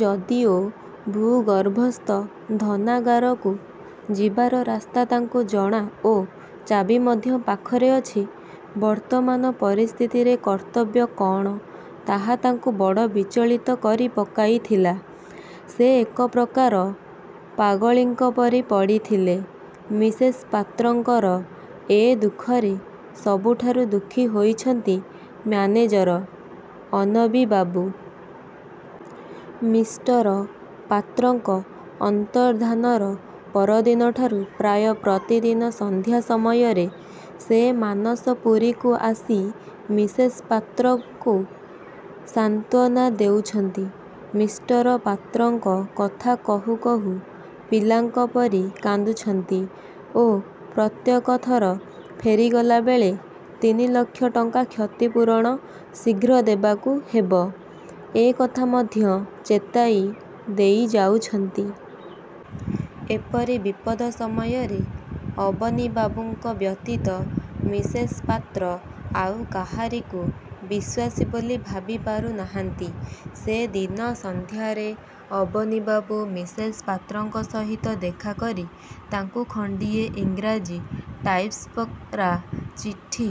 ଯଦିଓ ଭୂ-ଗର୍ଭସ୍ଥ ଧନାଗାରକୁ ଯିବାର ରାସ୍ତା ତାଙ୍କୁ ଜଣା ଓ ଚାବି ମଧ୍ୟ ପାଖରେ ଅଛି। ବର୍ତ୍ତମାନ ପରିସ୍ଥିତିରେ କର୍ତ୍ତବ୍ୟ କ'ଣ, ତାହା ତାଙ୍କୁ ବଡ଼ ବିଚଳିତ କରି ପକାଇଥିଲା। ସେ ଏକ ପ୍ରକାର ପାଗଳୀଙ୍କ ପରି ପଡ଼ିଥିଲେ। ମିସେସ୍ ପାତ୍ରଙ୍କର ଏ ଦୁଃଖରେ ସବୁଠାରୁ ଦୁଃଖୀ ହୋଇଛନ୍ତି ମ୍ୟାନେଜର ଅବନୀବାବୁ-। ମିଷ୍ଟର ପାତ୍ରଙ୍କ ଅନ୍ତର୍ଦ୍ଧାନର ପରଦିନ ଠାରୁ ପ୍ରାୟ ପ୍ରତିଦିନ ସନ୍ଧ୍ୟା ସମୟରେ ସେ ମାନସପୁରୀକୁ ଆସି ମିସେସ୍ ପାତ୍ରକୁ ସାନ୍ତ୍ୱନା ଦେଉଛନ୍ତି। ମିଷ୍ଟର ପାତ୍ରଙ୍କ କଥା କହୁ କହୁ ପିଲାଙ୍କ ପରି କାନ୍ଦୁଛନ୍ତି ଓ ପ୍ରତ୍ୟେକ ଥର ଫେରିଗଲା ବେଳେ ତିନିଲକ୍ଷ ଟଙ୍କା କ୍ଷତିପୂରଣ ଶୀଘ୍ର ଦେବାକୁ ହେବ, ଏ କଥା ମଧ୍ୟ ଚେତାଇ ଦେଇ ଯାଉଛନ୍ତି। ଏପରି ବିପଦ ସମୟରେ ଅବନୀବାବୁଙ୍କ ବ୍ୟତୀତ ମିସେସ୍ ପାତ୍ର ଆଉ କାହାରିକୁ ବିଶ୍ୱାସୀ ବୋଲି ଭାବି ପାରୁନାହାନ୍ତି। ସେ ଦିନ ସନ୍ଧ୍ୟାରେ ଅବନୀବାବୁ ମିସେସ୍ ପାତ୍ରଙ୍କ ସହିତ ଦେଖାକରି ତାଙ୍କୁ ଖଣ୍ଡିଏ ଇଂରାଜୀ ଟାଇପ୍କରା ଚିଠି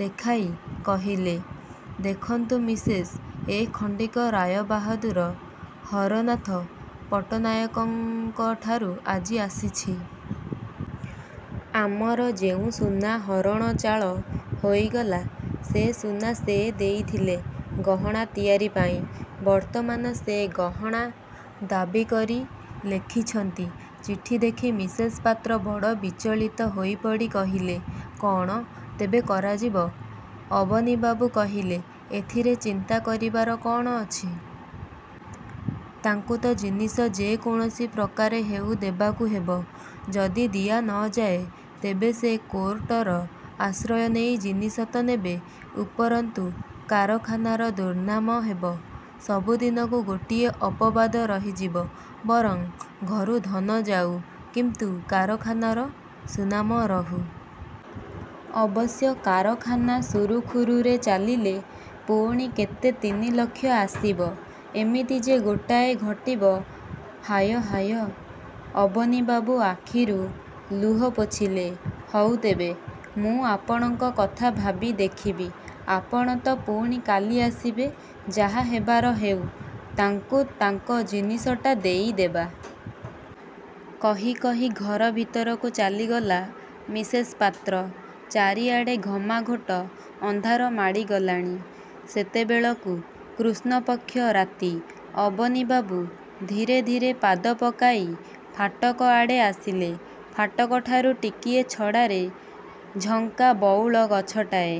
ଦେଖାଇ କହିଲେ-''ଦେଖନ୍ତୁ ମିସେସ୍! ଏ ଖଣ୍ଡିକ ରାୟବାହାଦୂର ହରନାଥ ପଟ୍ଟନାୟକଙ୍କଠାରୁ ଆଜି ଆସିଛି। ଆମର ଯେଉଁ ସୁନା ହରଣଚାଳ ହୋଇଗଲା ସେ ସୁନା ସେ ଦେଇଥିଲେ ଗହଣା ତିଆରି ପାଇଁ। ବର୍ତ୍ତମାନ ସେ ଗହଣା ଦାବୀ କରି ଲେଖିଛନ୍ତି। '' ଚିଠି ଦେଖି ମିସେସ୍ ପାତ୍ର ବଡ଼ ବିଚଳିତ ହୋଇପଡ଼ି କହିଲେ-''କ'ଣ ତେବେ କରାଯିବ-? '' ଅବନୀବାବୁ କହିଲେ-''ଏଥିରେ ଚିନ୍ତା କରିବାର କ'ଣ ଅଛି? ତାଙ୍କୁ ତ ଜିନିଷ ଯେ କୌଣସି ପ୍ରକାରେ ହେଉ ଦେବାକୁ ହେବ। ଯଦି ଦିଆ ନ ଯାଏ, ତେବେ ସେ କୋର୍ଟର ଆଶ୍ରୟ ନେଇ ଜିନିଷ ତ ନେବେ; ଉପରନ୍ତୁ କାରଖାନାର ଦୁର୍ନାମ ହେବ, ସବୁ ଦିନକୁ ଗୋଟିଏ ଅପବାଦ ରହିଯିବ। ବରଂ ଘରୁ ଧନ ଯାଉ, କିନ୍ତୁ କାରଖାନାର ସୁନାମ ରହୁ। ଅବଶ୍ୟ କାରଖାନା ସୁରୁଖୁରୁରେ ଚାଲିଲେ ପୁଣି କେତେ ତିନିଲକ୍ଷ ଆସିବ। ଏମିତି ଯେ ଗୋଟାଏ ଘଟିବ; ହାୟ ହାୟ '' ଅବନୀବାବୁ ଆଖିରୁ ଲୁହ ପୋଛିଲେ। ''ହଉ ତେବେ, ମୁଁ ଆପଣଙ୍କ କଥା ଭାବି ଦେଖିବି। ଆପଣ ତ ପୁଣି କାଲି ଆସିବେ। ଯାହା ହେବାର ହେଉ, ତାଙ୍କୁ ତାଙ୍କ ଜିନିଷଟା ଦେଇ ଦେବା। '' କହି କହି ଘର ଭିତରକୁ ଚାଲିଗଲେ ମିସେସ୍ ପାତ୍ର। ଚାରିଆଡ଼େ ଘମାଘୋଟ ଅନ୍ଧାର ମାଡ଼ିଗଲାଣି ସେତେବେଳକୁ। କୃଷ୍ଣପକ୍ଷ ରାତି। ଅବନୀବାବୁ ଧୀରେ ଧୀରେ ପାଦ ପକାଇ ଫାଟକ ଆଡ଼େ ଆସିଲେ। ଫାଟକଠାରୁ ଟିକିଏ ଛଡ଼ାରେ ଝଙ୍କା ବଉଳ ଗଛଟାଏ।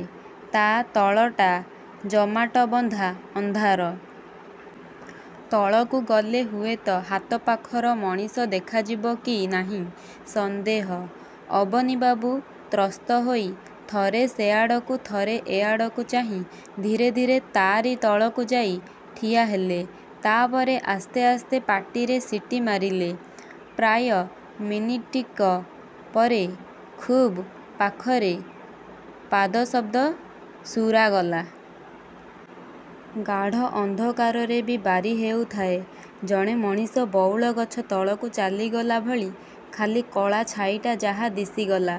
ତା' ତଳଟା ଜମାଟବନ୍ଧା ଅନ୍ଧାର। ତଳକୁ ଗଲେ ହୁଏତ ହାତପାଖର ମଣିଷ ଦେଖାଯିବ କି ନାହିଁ ସନ୍ଦେହ। ଅବନୀବାବୁ ତ୍ରସ୍ତହୋଇ ଥରେ ସେଆଡ଼କୁ ଥରେ ଏଆଡ଼କୁ ଚାହିଁ ଧୀରେ ଧୀରେ ତା'ରି ତଳକୁ ଯାଇ ଠିଆହେଲେ। ତା'ପରେ ଆସ୍ତେ ଆସ୍ତେ ପାଟିରେ ସିଟି ମାରିଲେ। ପ୍ରାୟ ମିନିଟିକ ପରେ ଖୁବ୍ ପାଖରେ ପାଦଶବ୍ଦ ଶୁରାଗଲା। ଗାଢ଼ ଅନ୍ଧକାରରେ ବି ବାରି ହେଉଥାଏ-ଜଣେ ମଣିଷ ବଉଳଗଛ ତଳକୁ ଚାଲିଗଲା ଭଳି; ଖାଲି କଳା ଛାଇଟା ଯାହା ଦିଶିଗଲା।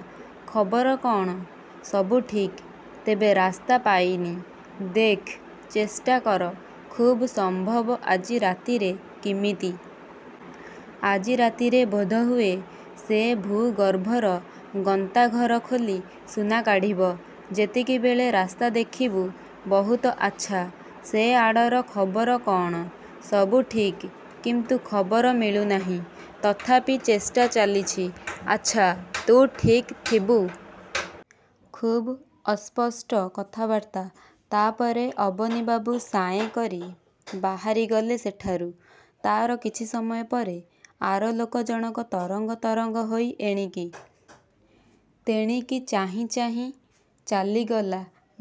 ''ଖବର କ'ଣ? '' ''ସବୁ ଠିକ୍। ତେବେ ରାସ୍ତା ପାଇନି। '' ''ଦେଖ୍, ଚେଷ୍ଟା କର। ଖୁବ୍ ସମ୍ଭବ ଆଜି ରାତିରେ '' ''କିମିତି? '' ''ଆଜି ରାତିରେ ବୋଧହୁଏ ସେ ଭୂ-ଗର୍ଭର ଗନ୍ତାଘର ଖୋଲି ସୁନା କାଢ଼ିବ। ସେତିକିବେଳେ ରାସ୍ତା ଦେଖିବୁ '' ''ବହୁତ ଆଚ୍ଛା! ସେ ଆଡ଼ର ଖବର କ'ଣ? '' ''ସବୁ ଠିକ୍, କିନ୍ତୁ ଖବର ମିଳୁନାହିଁ; ତଥାପି ଚେଷ୍ଟା ଚାଲିଛି। ଆଚ୍ଛା; ତୁ ଠିକ୍ ଥିବୁ। '' ଖୁବ୍ ଅସ୍ପଷ୍ଟ କଥାବାର୍ତ୍ତା। ତା'ପରେ ଅବନୀବାବୁ ସାଏଁ କରି ବାହାରିଗଲେ ସେଠାରୁ। ତା'ର କିଛି ସମୟ ପରେ ଆରଲୋକ ଜଣକ ତରଙ୍ଗ ତରଙ୍ଗ ହୋଇ ଏଣିକି। ତେଣିକି ଚାହିଁ ଚାହିଁ ଚାଲିଗଲା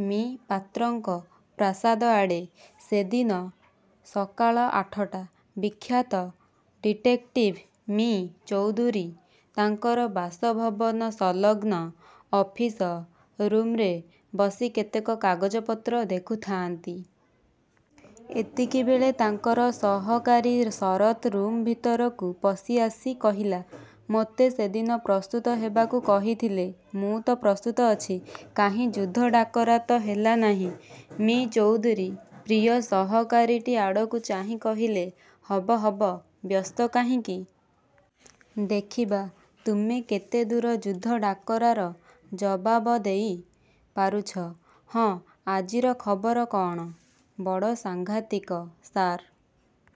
ମି: ପାତ୍ରଙ୍କ ପ୍ରାସାଦଆଡ଼େ। ସେ ଦିନ ସକାଳ ଆଠଟା। ବିଖ୍ୟାତ ଡିଟେକ୍ଟିଭ୍ ମି: ଚୌଧୁରୀ ତାଙ୍କର ବାସଭବନ ସଂଲଗ୍ନ ଅଫିସ ରୁମ୍ରେ ବସି କେତେକ କାଗଜପତ୍ର ଦେଖୁଥାଆନ୍ତି। ଏତିକିବେଳେ ତାଙ୍କର ସହକାରୀ ଶରତ୍ ରୁମ୍ ଭିତରକୁ ପଶିଆସି କହିଲା-''ମୋତେ ସେଦିନ ପ୍ରସ୍ତୁତ ହେବାକୁ କହିଥିଲେ। ମୁଁ ତ ପ୍ରସ୍ତୁତ ଅଛି; କାହିଁ ଯୁଦ୍ଧ ଡାକରା ତ ହେଲା ନାହିଁ? '' ମି: ଚୌଧୁରୀ ପ୍ରିୟ ସହକାରୀଟି ଆଡ଼କୁ ଚାହିଁ କହିଲେ-''ହବ ହବ, ବ୍ୟସ୍ତ କାହିଁକି-? ଦେଖିବା ତୁମେ କେତେ ଦୂର ଯୁଦ୍ଧ ଡାକରାର ଜବାବ ଦେଇ ପାରୁଛ? ହଁ, ଆଜିର ଖବର କ'ଣ-? '' ''ବଡ଼ ସାଂଘାତିକ ସାର୍!